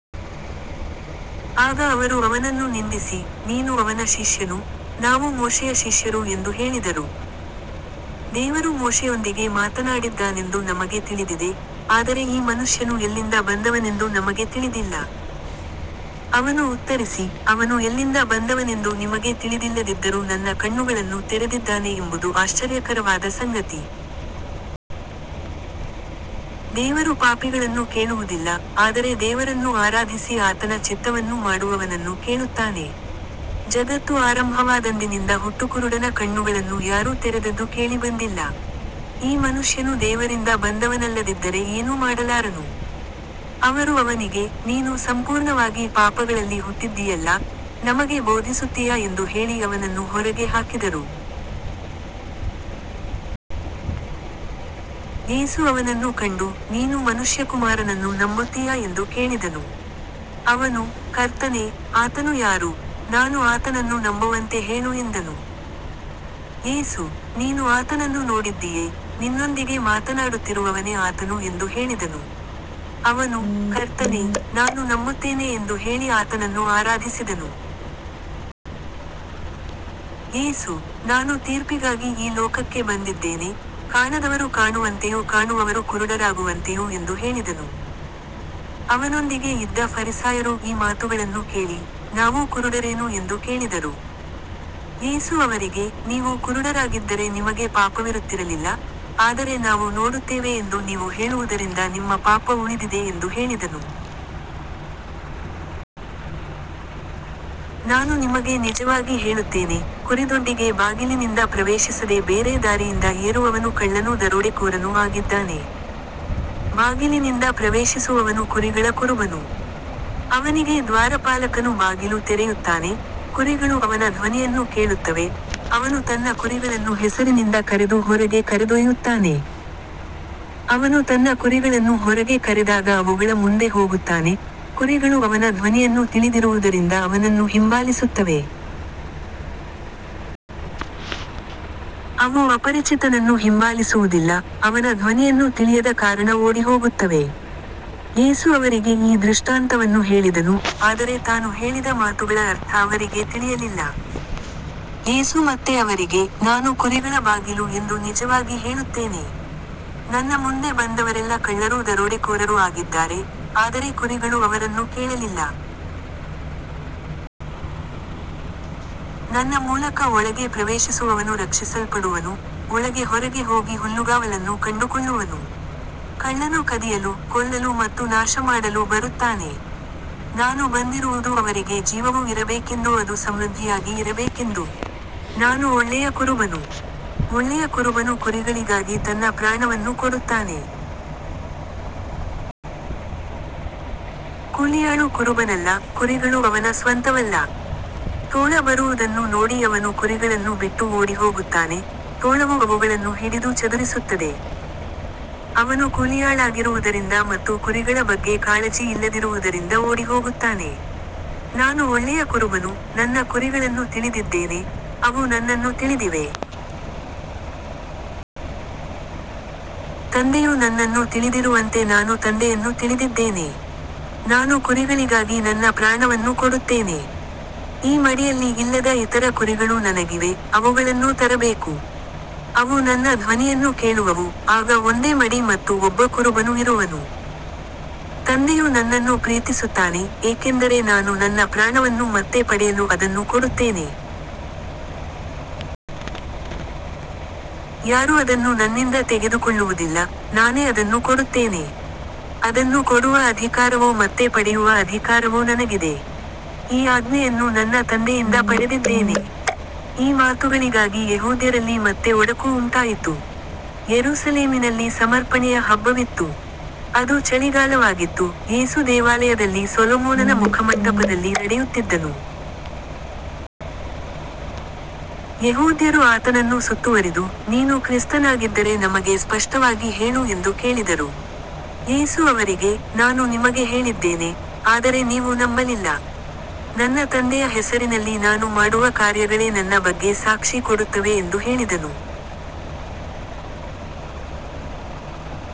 ಆಗ ಅವರು ಅವನನ್ನು ನಿಂದಿಸಿ, ನೀನು ಅವನ ಶಿಷ್ಯನು, ನಾವು ಮೋಶೆಯ ಶಿಷ್ಯರು ಎಂದು ಹೇಳಿದರು. ದೇವರು ಮೋಶೆಯೊಂದಿಗೆ ಮಾತನಾಡಿದ್ದಾನೆಂದು ನಮಗೆ ತಿಳಿದಿದೆ, ಆದರೆ ಈ ಮನುಷ್ಯನು ಎಲ್ಲಿಂದ ಬಂದವನೆಂದು ನಮಗೆ ತಿಳಿದಿಲ್ಲ. ಅವನು ಉತ್ತರಿಸಿ, ಅವನು ಎಲ್ಲಿಂದ ಬಂದವನೆಂದು ನಿಮಗೆ ತಿಳಿದಿಲ್ಲದಿದ್ದರೂ ನನ್ನ ಕಣ್ಣುಗಳನ್ನು ತೆರೆದಿದ್ದಾನೆ ಎಂಬುದು ಆಶ್ಚರ್ಯಕರವಾದ ಸಂಗತಿ. ದೇವರು ಪಾಪಿಗಳನ್ನು ಕೇಳುವುದಿಲ್ಲ, ಆದರೆ ದೇವರನ್ನು ಆರಾಧಿಸಿ ಆತನ ಚಿತ್ತವನ್ನು ಮಾಡುವವನನ್ನು ಕೇಳುತ್ತಾನೆ. ಜಗತ್ತು ಆರಂಭವಾದಂದಿನಿಂದ ಹುಟ್ಟುಕುರುಡನ ಕಣ್ಣುಗಳನ್ನು ಯಾರೂ ತೆರೆದದ್ದು ಕೇಳಿಬಂದಿಲ್ಲ. ಈ ಮನುಷ್ಯನು ದೇವರಿಂದ ಬಂದವನಲ್ಲದಿದ್ದರೆ ಏನೂ ಮಾಡಲಾರನು. ಅವರು ಅವನಿಗೆ, ನೀನು ಸಂಪೂರ್ಣವಾಗಿ ಪಾಪಗಳಲ್ಲಿ ಹುಟ್ಟಿದ್ದೀಯಲ್ಲಾ, ನಮಗೆ ಬೋಧಿಸುತ್ತೀಯಾ ಎಂದು ಹೇಳಿ ಅವನನ್ನು ಹೊರಗೆ ಹಾಕಿದರು. ಯೇಸು ಅವನನ್ನು ಕಂಡು, ನೀನು ಮನುಷ್ಯಕುಮಾರನನ್ನು ನಂಬುತ್ತೀಯಾ ಎಂದು ಕೇಳಿದನು. ಅವನು, ಕರ್ತನೇ, ಆತನು ಯಾರು, ನಾನು ಆತನನ್ನು ನಂಬುವಂತೆ ಹೇಳು ಎಂದನು. ಯೇಸು, ನೀನು ಆತನನ್ನು ನೋಡಿದ್ದೀಯೆ, ನಿನ್ನೊಂದಿಗೆ ಮಾತನಾಡುತ್ತಿರುವವನೇ ಆತನು ಎಂದು ಹೇಳಿದನು. ಅವನು, ಕರ್ತನೇ, ನಾನು ನಂಬುತ್ತೇನೆ ಎಂದು ಹೇಳಿ ಆತನನ್ನು ಆರಾಧಿಸಿದನು. ಯೇಸು, ನಾನು ತೀರ್ಪಿಗಾಗಿ ಈ ಲೋಕಕ್ಕೆ ಬಂದಿದ್ದೇನೆ, ಕಾಣದವರು ಕಾಣುವಂತೆಯೂ ಕಾಣುವವರು ಕುರುಡರಾಗುವಂತೆಯೂ ಎಂದು ಹೇಳಿದನು. ಅವನೊಂದಿಗೆ ಇದ್ದ ಫರಿಸಾಯರು ಈ ಮಾತುಗಳನ್ನು ಕೇಳಿ, ನಾವೂ ಕುರುಡರೇನು ಎಂದು ಕೇಳಿದರು. ಯೇಸು ಅವರಿಗೆ, ನೀವು ಕುರುಡರಾಗಿದ್ದರೆ ನಿಮಗೆ ಪಾಪವಿರುತ್ತಿರಲಿಲ್ಲ, ಆದರೆ ನಾವು ನೋಡುತ್ತೇವೆ ಎಂದು ನೀವು ಹೇಳುವುದರಿಂದ ನಿಮ್ಮ ಪಾಪ ಉಳಿದಿದೆ ಎಂದು ಹೇಳಿದನು. ನಾನು ನಿಮಗೆ ನಿಜವಾಗಿ ಹೇಳುತ್ತೇನೆ, ಕುರಿದೊಡ್ಡಿಗೆ ಬಾಗಿಲಿನಿಂದ ಪ್ರವೇಶಿಸದೆ ಬೇರೆ ದಾರಿಯಿಂದ ಏರುವವನು ಕಳ್ಳನೂ ದರೋಡೆಕೋರನೂ ಆಗಿದ್ದಾನೆ. ಬಾಗಿಲಿನಿಂದ ಪ್ರವೇಶಿಸುವವನು ಕುರಿಗಳ ಕುರುಬನು. ಅವನಿಗೆ ದ್ವಾರಪಾಲಕನು ಬಾಗಿಲು ತೆರೆಯುತ್ತಾನೆ, ಕುರಿಗಳು ಅವನ ಧ್ವನಿಯನ್ನು ಕೇಳುತ್ತವೆ, ಅವನು ತನ್ನ ಕುರಿಗಳನ್ನು ಹೆಸರಿನಿಂದ ಕರೆದು ಹೊರಗೆ ಕರೆದೊಯ್ಯುತ್ತಾನೆ. ಅವನು ತನ್ನ ಕುರಿಗಳನ್ನು ಹೊರಗೆ ಕರೆದಾಗ ಅವುಗಳ ಮುಂದೆ ಹೋಗುತ್ತಾನೆ, ಕುರಿಗಳು ಅವನ ಧ್ವನಿಯನ್ನು ತಿಳಿದಿರುವುದರಿಂದ ಅವನನ್ನು ಹಿಂಬಾಲಿಸುತ್ತವೆ. ಅವು ಅಪರಿಚಿತನನ್ನು ಹಿಂಬಾಲಿಸುವುದಿಲ್ಲ, ಅವನ ಧ್ವನಿಯನ್ನು ತಿಳಿಯದ ಕಾರಣ ಓಡಿಹೋಗುತ್ತವೆ. ಯೇಸು ಅವರಿಗೆ ಈ ದೃಷ್ಟಾಂತವನ್ನು ಹೇಳಿದನು, ಆದರೆ ತಾನು ಹೇಳಿದ ಮಾತುಗಳ ಅರ್ಥ ಅವರಿಗೆ ತಿಳಿಯಲಿಲ್ಲ. ಯೇಸು ಮತ್ತೆ ಅವರಿಗೆ, ನಾನು ಕುರಿಗಳ ಬಾಗಿಲು ಎಂದು ನಿಜವಾಗಿ ಹೇಳುತ್ತೇನೆ. ನನ್ನ ಮುಂದೆ ಬಂದವರೆಲ್ಲ ಕಳ್ಳರೂ ದರೋಡೆಕೋರರೂ ಆಗಿದ್ದಾರೆ, ಆದರೆ ಕುರಿಗಳು ಅವರನ್ನು ಕೇಳಲಿಲ್ಲ. ನನ್ನ ಮೂಲಕ ಒಳಗೆ ಪ್ರವೇಶಿಸುವವನು ರಕ್ಷಿಸಲ್ಪಡುವನು, ಒಳಗೆ ಹೊರಗೆ ಹೋಗಿ ಹುಲ್ಲುಗಾವಲನ್ನು ಕಂಡುಕೊಳ್ಳುವನು. ಕಳ್ಳನು ಕದಿಯಲು, ಕೊಲ್ಲಲು ಮತ್ತು ನಾಶಮಾಡಲು ಬರುತ್ತಾನೆ. ನಾನು ಬಂದಿರುವುದು ಅವರಿಗೆ ಜೀವವು ಇರಬೇಕೆಂದೂ ಅದು ಸಮೃದ್ಧಿಯಾಗಿ ಇರಬೇಕೆಂದೂ. ನಾನು ಒಳ್ಳೆಯ ಕುರುಬನು. ಒಳ್ಳೆಯ ಕುರುಬನು ಕುರಿಗಳಿಗಾಗಿ ತನ್ನ ಪ್ರಾಣವನ್ನು ಕೊಡುತ್ತಾನೆ. ಕೂಲಿಯಾಳು ಕುರುಬನಲ್ಲ, ಕುರಿಗಳು ಅವನ ಸ್ವಂತವಲ್ಲ. ತೋಳ ಬರುವುದನ್ನು ನೋಡಿ ಅವನು ಕುರಿಗಳನ್ನು ಬಿಟ್ಟು ಓಡಿಹೋಗುತ್ತಾನೆ, ತೋಳವು ಅವುಗಳನ್ನು ಹಿಡಿದು ಚದುರಿಸುತ್ತದೆ. ಅವನು ಕೂಲಿಯಾಳಾಗಿರುವುದರಿಂದ ಮತ್ತು ಕುರಿಗಳ ಬಗ್ಗೆ ಕಾಳಜಿ ಇಲ್ಲದಿರುವುದರಿಂದ ಓಡಿಹೋಗುತ್ತಾನೆ. ನಾನು ಒಳ್ಳೆಯ ಕುರುಬನು, ನನ್ನ ಕುರಿಗಳನ್ನು ತಿಳಿದಿದ್ದೇನೆ, ಅವು ನನ್ನನ್ನು ತಿಳಿದಿವೆ. ತಂದೆಯು ನನ್ನನ್ನು ತಿಳಿದಿರುವಂತೆ ನಾನು ತಂದೆಯನ್ನು ತಿಳಿದಿದ್ದೇನೆ. ನಾನು ಕುರಿಗಳಿಗಾಗಿ ನನ್ನ ಪ್ರಾಣವನ್ನು ಕೊಡುತ್ತೇನೆ. ಈ ಮಡಿಯಲ್ಲಿ ಇಲ್ಲದ ಇತರ ಕುರಿಗಳೂ ನನಗಿವೆ, ಅವುಗಳನ್ನೂ ತರಬೇಕು. ಅವು ನನ್ನ ಧ್ವನಿಯನ್ನು ಕೇಳುವವು, ಆಗ ಒಂದೇ ಮಡಿ ಮತ್ತು ಒಬ್ಬ ಕುರುಬನು ಇರುವನು. ತಂದೆಯು ನನ್ನನ್ನು ಪ್ರೀತಿಸುತ್ತಾನೆ, ಏಕೆಂದರೆ ನಾನು ನನ್ನ ಪ್ರಾಣವನ್ನು ಮತ್ತೆ ಪಡೆಯಲು ಅದನ್ನು ಕೊಡುತ್ತೇನೆ. ಯಾರೂ ಅದನ್ನು ನನ್ನಿಂದ ತೆಗೆದುಕೊಳ್ಳುವುದಿಲ್ಲ, ನಾನೇ ಅದನ್ನು ಕೊಡುತ್ತೇನೆ. ಅದನ್ನು ಕೊಡುವ ಅಧಿಕಾರವೂ ಮತ್ತೆ ಪಡೆಯುವ ಅಧಿಕಾರವೂ ನನಗಿದೆ. ಈ ಆಜ್ಞೆಯನ್ನು ನನ್ನ ತಂದೆಯಿಂದ ಪಡೆದಿದ್ದೇನೆ. ಈ ಮಾತುಗಳಿಗಾಗಿ ಯೆಹೂದ್ಯರಲ್ಲಿ ಮತ್ತೆ ಒಡಕು ಉಂಟಾಯಿತು. ಯೆರೂಸಲೇಮಿನಲ್ಲಿ ಸಮರ್ಪಣೆಯ ಹಬ್ಬವಿತ್ತು. ಅದು ಚಳಿಗಾಲವಾಗಿತ್ತು, ಯೇಸು ದೇವಾಲಯದಲ್ಲಿ ಸೊಲೊಮೋನನ ಮುಖಮಂಟಪದಲ್ಲಿ ನಡೆಯುತ್ತಿದ್ದನು. ಯೆಹೂದ್ಯರು ಆತನನ್ನು ಸುತ್ತುವರಿದು, ನೀನು ಕ್ರಿಸ್ತನಾಗಿದ್ದರೆ ನಮಗೆ ಸ್ಪಷ್ಟವಾಗಿ ಹೇಳು ಎಂದು ಕೇಳಿದರು. ಯೇಸು ಅವರಿಗೆ, ನಾನು ನಿಮಗೆ ಹೇಳಿದ್ದೇನೆ, ಆದರೆ ನೀವು ನಂಬಲಿಲ್ಲ. ನನ್ನ ತಂದೆಯ ಹೆಸರಿನಲ್ಲಿ ನಾನು ಮಾಡುವ ಕಾರ್ಯಗಳೇ ನನ್ನ ಬಗ್ಗೆ ಸಾಕ್ಷಿ ಕೊಡುತ್ತವೆ ಎಂದು ಹೇಳಿದನು.